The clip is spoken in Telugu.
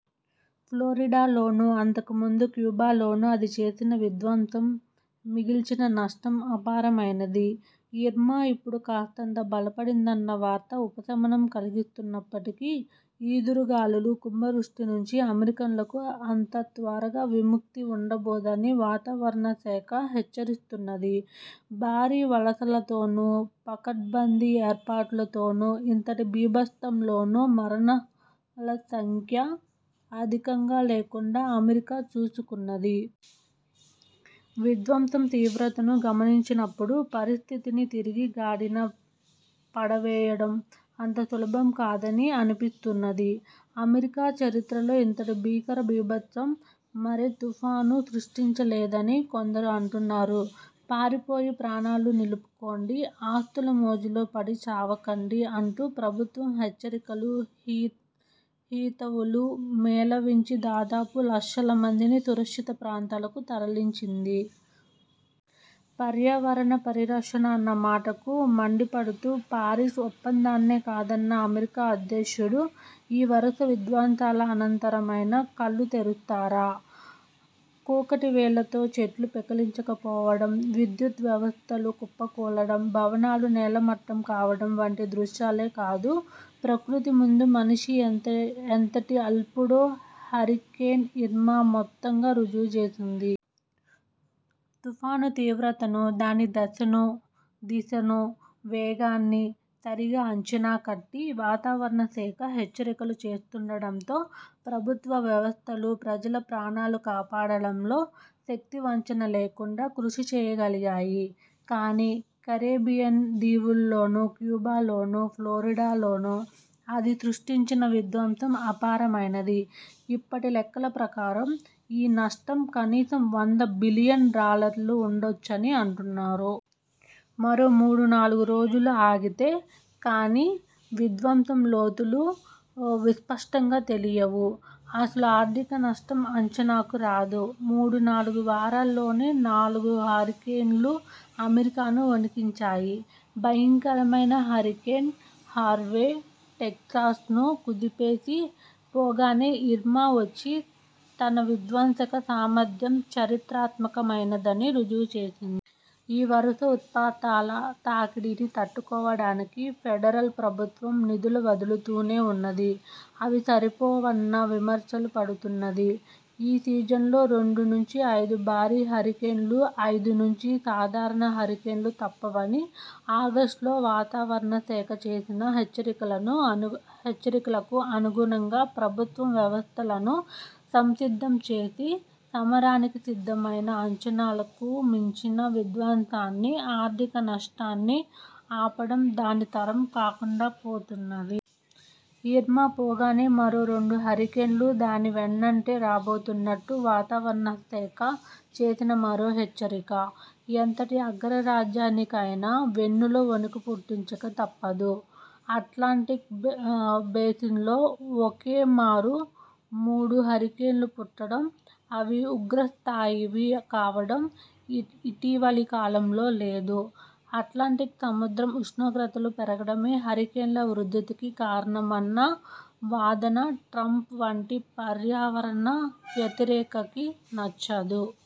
ఫ్లోరిడాలోనూ, అంతకుముందు క్యూబాలోనూ అది చేసిన విధ్వంసం, మిగల్చిన నష్టం అపారమైనది. ఇర్మా ఇప్పుడు కాస్తంత బలహీనపడిందన్న వార్త ఉపశమనం కలిగిస్తున్నప్పటికీ, ఈదురు గాలులూ, కుంభవృష్టినుంచి అమెరికన్లకు అంత త్వరగా విముక్తి ఉండబోదని వాతావరణశాఖ హెచ్చరిస్తున్నది. భారీవలసలతోనూ, పకడ్బందీ ఏర్పాట్లతోనూ ఇంతటి బీభత్సంలోనూ మరణాల సంఖ్య అధికంగా లేకుండా అమెరికా చూసుకున్నది. విధ్వంసం తీవ్రతను గమనించినప్పుడు పరిస్థితిని తిరిగి గాడిన పడవేయడం అంత సులభం కాదని అనిపిస్తున్నది. అమెరికా చరిత్రలో ఇంతటి భీకరబీభత్సం మరే తుఫానూ సృష్టించలేదని కొందరు అంటున్నారు. పారిపోయి ప్రాణాలు నిలుపుకోండి, ఆస్తుల మోజులో పడి చావకండి అంటూ ప్రభుత్వం హెచ్చరికలు, హితవులు మేళవించి దాదాపు లక్షల మందిని సురక్షిత ప్రాంతాలకు తరలించింది. పర్యావరణ పరిరక్షణ అన్న మాటకు మండిపడుతూ, పారిస్ ఒప్పందాన్నే కాదన్న అమెరికా అధ్యక్షుడు ఈ వరుస విధ్వంసాల అనంతరమైనా కళ్ళు తెరుస్తారా? కూకటివేళ్ళతో చెట్లు పెకిలించుకుపోవడం, విద్యుత్ వ్యవస్థలు కుప్పకూలడం, భవనాలు నేలమట్టం కావడం వంటి దృశ్యాలే కాదు, ప్రకృతి ముందు మనిషి ఎంతటి అల్పుడో హరికేన్ ఇర్మా మొత్తంగా రుజువుచేసింది. తుపాను తీవ్రతను, దాని దశనూ దిశనూ వేగాన్నీ సరిగా అంచనాకట్టి వాతావరణశాఖ హెచ్చరికలు చేస్తుండటంతో ప్రభుత్వ వ్యవస్థలు ప్రజల ప్రాణాలు కాపాడటంలో శక్తివంచన లేకుండా కృషిచేయగలిగాయి. కానీ, కరేబియన్ దీవుల్లోనూ, క్యూబాలోనూ, ఫ్లోరిడాలోనూ అది సృష్టించిన విధ్వంసం అపారమైనది. ఇప్పటి లెక్కల ప్రకారం ఈ నష్టం కనీసం వంద బిలియన్ డాలర్లు ఉండవచ్చునని అంటున్నారు. మరో మూడునాలుగు రోజులు ఆగితే కానీ విధ్వంసం లోతులు విస్పష్టంగా తెలియవు, అసలు ఆర్థిక నష్టం అంచనాకు రాదు. మూడునాలుగు వారాల్లోనే నాలుగు హరికేన్లు అమెరికాను వొణికించాయి. భయంకరమైన హరికేన్ హార్వే టెక్సాస్ను కుదిపేసి పోగానే ఇర్మా వచ్చి తన విధ్వసక సామర్థ్యం చరిత్రాత్మకమైనదని రుజువుచేసింది. ఈ వరుస ఉత్పాతాల తాకిడిని తట్టుకోవడానికి ఫెడరల్ ప్రభుత్వం నిధులు వదులుతూనే ఉన్నది. అవి సరిపోవన్న విమర్శలూ పడుతున్నది. ఈ సీజన్లో రెండు నుంచి ఐదు భారీ హరికేన్లు, ఐదునుంచి సాధారణ హరికేన్లు తప్పవని ఆగస్టులో వాతావరణశాఖ చేసిన హెచ్చరికలకు అనుగుణంగా ప్రభుత్వం వ్యవస్థలను సంసిద్ధం చేసి సమరానికి సిద్ధమైనా, అంచనాలకు మించిన విధ్వంసాన్నీ, ఆర్థికనష్టాన్నీ ఆపడం దాని తరం కాకుండాపోతున్నది. ఇర్మా పోగానే మరో రెండు హరికేన్లు దానివెన్నంటే రాబోతున్నట్టు వాతావరణశాఖ చేసిన మరో హెచ్చరిక ఎంతటి అగ్రరాజ్యానికైనా వెన్నులో వొణుకుపుట్టించక తప్పదు. అట్లాంటిక్ బేసిన్లో ఒకేమారు మూడు హరికేన్లు పుట్టడం, అవి ఉగ్రస్థాయివి కావడం ఇటీవలి కాలంలో లేదు. అట్లాంటిక్ సముద్రం ఉష్ణోగ్రతలు పెరగడమే హరికేన్ల ఉధృతికి కారణమన్న వాదన ట్రంప్ వంటి పర్యావరణ వ్యతిరేకికి నచ్చదు.